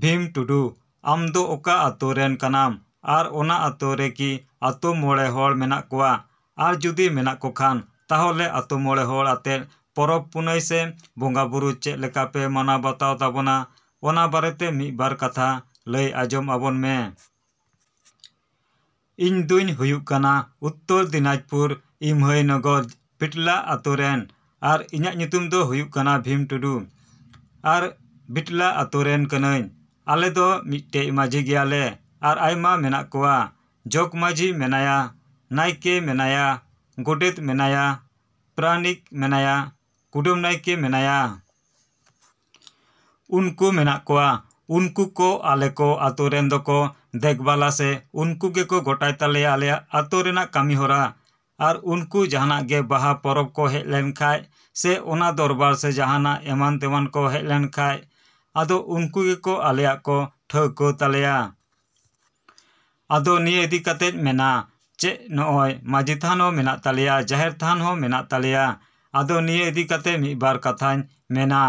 ᱵᱷᱤᱢ ᱴᱩᱰᱩ, ᱟᱢᱫᱚ ᱚᱠᱟ ᱟᱛᱳ ᱨᱮᱱ ᱠᱟᱱᱟᱢ ᱟᱨ ᱚᱱᱟ ᱟᱛᱳ ᱨᱮ ᱠᱤ ᱟᱛᱳ ᱢᱚᱬᱮ ᱦᱚᱲ ᱢᱮᱱᱟᱜ ᱠᱚᱣᱟ? ᱟᱨ ᱡᱩᱫᱤ ᱢᱮᱱᱟᱜ ᱠᱚᱠᱷᱟᱱ ᱛᱟᱦᱞᱮ ᱟᱛᱳ ᱢᱚᱬᱮ ᱦᱚᱲ ᱟᱛᱮᱫ ᱯᱚᱨᱚᱵᱽ ᱯᱩᱱᱟᱹᱭ ᱥᱮ ᱵᱚᱸᱜᱟᱼᱵᱩᱨᱩ ᱪᱮᱫ ᱞᱮᱠᱟᱯᱮ ᱢᱟᱱᱟᱣ ᱵᱟᱛᱟᱣ ᱛᱟᱵᱚᱱᱟ ᱚᱱᱟ ᱵᱟᱨᱮᱛᱮ ᱢᱤᱫ ᱵᱟᱨ ᱠᱟᱛᱷᱟ ᱞᱟᱹᱭ ᱟᱸᱡᱚᱢ ᱟᱵᱚᱱ ᱢᱮ᱾ ᱤᱧ ᱫᱩᱧ ᱦᱩᱭᱩᱜ ᱠᱟᱱᱟ ᱩᱛᱛᱚᱨ ᱫᱤᱱᱟᱡᱽᱯᱩᱨ ᱤᱢᱦᱟᱹᱭᱱᱚᱜᱚᱨ ᱵᱤᱴᱞᱟ ᱟᱛᱳ ᱨᱮᱱ ᱟᱨ ᱤᱧᱟᱹᱜ ᱧᱩᱛᱩᱢ ᱫᱚ ᱦᱩᱭᱩᱜ ᱠᱟᱱᱟ ᱵᱷᱤᱢ ᱴᱩᱰᱩ᱾ ᱟᱨ ᱵᱤᱴᱞᱟ ᱟᱛᱳ ᱨᱮᱱ ᱠᱟᱹᱱᱟᱹᱧ᱾ ᱟᱞᱮ ᱫᱚ ᱢᱤᱫᱴᱮᱡ ᱢᱟᱹᱡᱷᱤ ᱜᱮᱭᱟᱞᱮ ᱟᱨ ᱟᱭᱢᱟ ᱢᱮᱱᱟᱜ ᱠᱚᱣᱟ, ᱡᱚᱜᱽ ᱢᱟᱹᱡᱷᱤ ᱢᱮᱱᱟᱭᱟ, ᱱᱟᱭᱠᱮ ᱢᱮᱱᱟᱭᱟ, ᱜᱳᱰᱮᱛ ᱢᱮᱱᱟᱭᱟ, ᱯᱟᱨᱟᱱᱤᱠ ᱢᱮᱱᱟᱭᱟ, ᱠᱩᱰᱟᱹᱢ ᱱᱟᱭᱠᱮ ᱢᱮᱱᱟᱭᱟ᱾ ᱩᱱᱠᱩ ᱢᱮᱱᱟᱜ ᱠᱚᱣᱟ᱾ ᱱᱩᱠᱩ ᱠᱚ ᱟᱞᱮ ᱠᱚ ᱟᱛᱳ ᱨᱮᱱ ᱫᱚᱠᱚ ᱫᱮᱠᱷᱵᱷᱟᱞᱟ ᱥᱮ ᱩᱱᱠᱩ ᱜᱮᱠᱚ ᱜᱳᱴᱟᱭ ᱛᱟᱞᱮᱭᱟ ᱟᱞᱮᱭᱟᱜ ᱟᱛᱳ ᱨᱮᱱᱟᱜ ᱠᱟᱹᱢᱤᱦᱚᱨᱟ᱾ ᱟᱨ ᱩᱱᱠᱩ ᱡᱟᱦᱟᱱᱟᱜ ᱜᱮ ᱵᱟᱦᱟ ᱯᱚᱨᱚᱵᱽ ᱠᱚ ᱦᱮᱡ ᱞᱮᱱᱠᱷᱟᱡ ᱥᱮ ᱚᱱᱟ ᱫᱚᱨᱵᱟᱨ ᱠᱚ ᱥᱮ ᱡᱟᱦᱟᱱᱟᱜ ᱮᱢᱟᱱ ᱛᱮᱱᱟᱜ ᱠᱚ ᱦᱮᱡ ᱞᱮᱱᱠᱷᱟᱡ ᱟᱫᱚ ᱩᱱᱠᱩ ᱜᱮᱠᱚ ᱟᱞᱮᱭᱟᱜ ᱠᱚ ᱴᱷᱟᱹᱣᱠᱟᱹ ᱛᱟᱞᱮᱭᱟ᱾ ᱟᱫᱚ ᱱᱤᱭᱟᱹ ᱤᱫᱤ ᱠᱟᱛᱮᱫ ᱢᱮᱱᱟ, ᱪᱮᱫ ᱱᱚᱜᱼᱚᱭ ᱢᱟᱹᱡᱷᱤ ᱛᱷᱟᱱ ᱦᱚᱸ ᱢᱮᱱᱟᱜ ᱛᱟᱞᱮᱭᱟ, ᱡᱟᱦᱮᱨ ᱛᱷᱟᱱ ᱦᱚᱸ ᱢᱮᱱᱟᱜ ᱛᱟᱞᱮᱭᱟ᱾ ᱟᱫᱚ ᱱᱤᱭᱟᱹ ᱤᱫᱤ ᱠᱟᱛᱮᱫ ᱢᱤᱫ ᱵᱟᱨ ᱠᱟᱛᱷᱟᱧ ᱢᱮᱱᱟ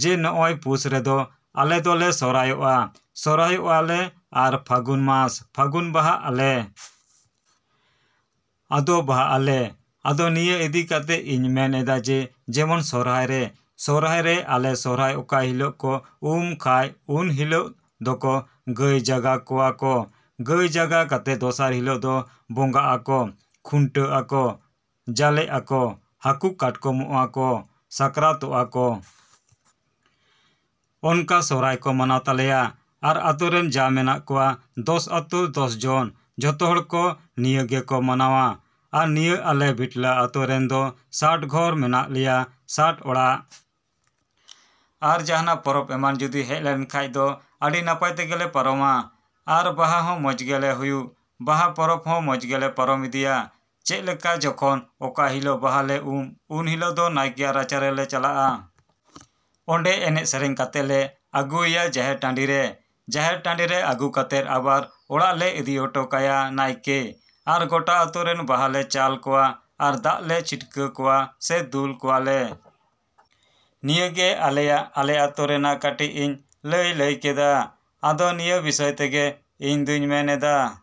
ᱡᱮ ᱱᱚᱜᱼᱚᱭ ᱯᱩᱥ ᱨᱮᱫᱚ ᱟᱞᱮ ᱫᱚᱞᱮ ᱥᱚᱨᱦᱟᱭᱚᱜᱼᱟ᱾ ᱥᱚᱨᱦᱟᱭᱚᱜᱼᱟ ᱞᱮ ᱟᱨ ᱯᱷᱟᱹᱜᱩᱱ ᱢᱟᱥ, ᱯᱷᱟᱹᱜᱩᱱ ᱵᱟᱦᱟᱜ ᱟᱞᱮ᱾ ᱟᱫᱚ ᱵᱟᱦᱟᱜ ᱟᱞᱮ ᱟᱫᱚ ᱱᱤᱭᱟᱹ ᱤᱫᱤ ᱠᱟᱛᱮᱫ ᱤᱧ ᱢᱮᱱ ᱮᱫᱟ ᱡᱮ ᱡᱮᱢᱚᱱ ᱥᱚᱨᱦᱟᱭ ᱨᱮ, ᱥᱚᱨᱦᱟᱭ ᱨᱮ ᱟᱞᱮ ᱥᱚᱨᱦᱟᱭ ᱚᱠᱟ ᱦᱤᱞᱳᱜ ᱠᱚ ᱩᱢ ᱠᱷᱟᱡ ᱩᱱ ᱦᱤᱞᱳᱜ ᱫᱚᱠᱚ ᱜᱟᱹᱭ ᱡᱟᱜᱟᱣ ᱠᱚᱣᱟ ᱠᱚ᱾ ᱜᱟᱹᱭ ᱡᱟᱜᱟᱣ ᱠᱟᱛᱮᱫ ᱫᱚᱥᱟᱨ ᱦᱤᱞᱟᱹᱜ ᱫᱚ ᱵᱚᱸᱜᱟᱸᱜ ᱟᱠᱚ, ᱠᱷᱩᱱᱴᱟᱹᱜ ᱟᱠᱚ, ᱡᱟᱞᱮᱜ ᱟᱠᱚ, ᱦᱟᱹᱠᱩ ᱠᱟᱴᱠᱚᱢᱚᱜᱼᱟ ᱠᱚ, ᱥᱟᱠᱨᱟᱛᱚᱜᱼᱟ ᱠᱚ᱾ ᱚᱱᱠᱟ ᱥᱚᱨᱦᱟᱭ ᱠᱚ ᱢᱟᱱᱟᱣ ᱛᱟᱞᱮᱭᱟ᱾ ᱟᱨ ᱟᱛᱳ ᱨᱮᱱ ᱡᱟ ᱢᱮᱱᱟᱜ ᱠᱚᱣᱟ ᱫᱚᱥ ᱟᱛᱳ ᱫᱚᱥ ᱡᱚᱱ ᱡᱚᱛᱚᱦᱚᱲ ᱠᱚ ᱱᱤᱭᱟᱹ ᱜᱮᱠᱚ ᱢᱟᱱᱟᱣᱟ᱾ ᱟᱨ ᱱᱤᱭᱟᱹ ᱟᱞᱮ ᱵᱤᱴᱞᱟ ᱟᱛᱳ ᱨᱮᱱ ᱫᱚ ᱥᱟᱴ ᱜᱷᱚᱨ ᱢᱮᱱᱟᱜ ᱞᱮᱭᱟ, ᱥᱟᱴ ᱚᱲᱟᱜ᱾ ᱟᱨ ᱡᱟᱦᱟᱱᱟᱜ ᱯᱚᱨᱚᱵᱽ ᱮᱢᱟᱱ ᱡᱩᱫᱤ ᱦᱮᱡ ᱞᱮᱱᱠᱷᱟᱡ ᱫᱚ ᱟᱹᱰᱤ ᱱᱟᱯᱟᱭ ᱛᱮᱜᱮᱞᱮ ᱯᱟᱨᱚᱢᱟ᱾ ᱟᱨ ᱵᱟᱦᱟ ᱦᱚᱸ ᱢᱚᱡᱽ ᱜᱮᱞᱮ ᱦᱩᱭᱩᱜ, ᱵᱟᱦᱟ ᱯᱚᱨᱚᱵᱽ ᱦᱚᱸ ᱢᱚᱡᱽ ᱜᱮᱞᱮ ᱯᱟᱨᱚᱢ ᱤᱫᱤᱭᱟ᱾ ᱪᱮᱫ ᱞᱮᱠᱟ ᱡᱚᱠᱷᱚᱱ ᱚᱠᱟ ᱦᱤᱞᱳᱜ ᱵᱟᱦᱟ ᱞᱮ ᱩᱢ ᱩᱱ ᱦᱤᱞᱳᱜ ᱫᱚ ᱱᱟᱭᱠᱮᱭᱟᱜ ᱨᱟᱪᱟ ᱨᱮᱞᱮ ᱪᱟᱞᱟᱜᱼᱟ᱾ ᱚᱸᱰᱮ ᱮᱱᱮᱡᱼᱥᱮᱨᱮᱧ ᱠᱟᱛᱮᱫ ᱞᱮ ᱟᱹᱜᱩᱭ ᱮᱭᱟ ᱡᱟᱦᱮᱨ ᱴᱟᱺᱰᱤ ᱨᱮ᱾ ᱡᱟᱦᱮᱨ ᱴᱟᱺᱰᱤ ᱨᱮ ᱟᱹᱜᱩ ᱠᱟᱛᱮᱫ ᱟᱵᱟᱨ ᱚᱲᱟᱜ ᱞᱮ ᱤᱫᱤ ᱚᱴᱚ ᱠᱟᱭᱟ ᱱᱟᱭᱠᱮ᱾ ᱟᱨ ᱜᱳᱴᱟ ᱟᱛᱳ ᱨᱮᱱ ᱵᱟᱦᱟ ᱞᱮ ᱪᱟᱞ ᱠᱚᱣᱟ ᱟᱨ ᱫᱟᱜ ᱞᱮ ᱪᱷᱤᱴᱠᱟᱹᱣ ᱠᱚᱣᱟ ᱥᱮ ᱫᱩᱞ ᱠᱚᱣᱟᱞᱮ᱾ ᱱᱤᱭᱟᱹ ᱜᱮ ᱟᱞᱮᱭᱟᱜ ᱟᱞᱮ ᱟᱛᱳ ᱨᱮᱱᱟᱜ ᱠᱟᱹᱴᱤᱡ ᱤᱧ ᱞᱟᱹᱭ ᱞᱟᱹᱭ ᱠᱮᱫᱟ᱾ ᱟᱫᱚ ᱱᱤᱭᱟᱹ ᱵᱤᱥᱚᱭ ᱛᱮᱜᱮ ᱤᱧ ᱫᱚᱧ ᱢᱮᱱ ᱮᱫᱟ᱾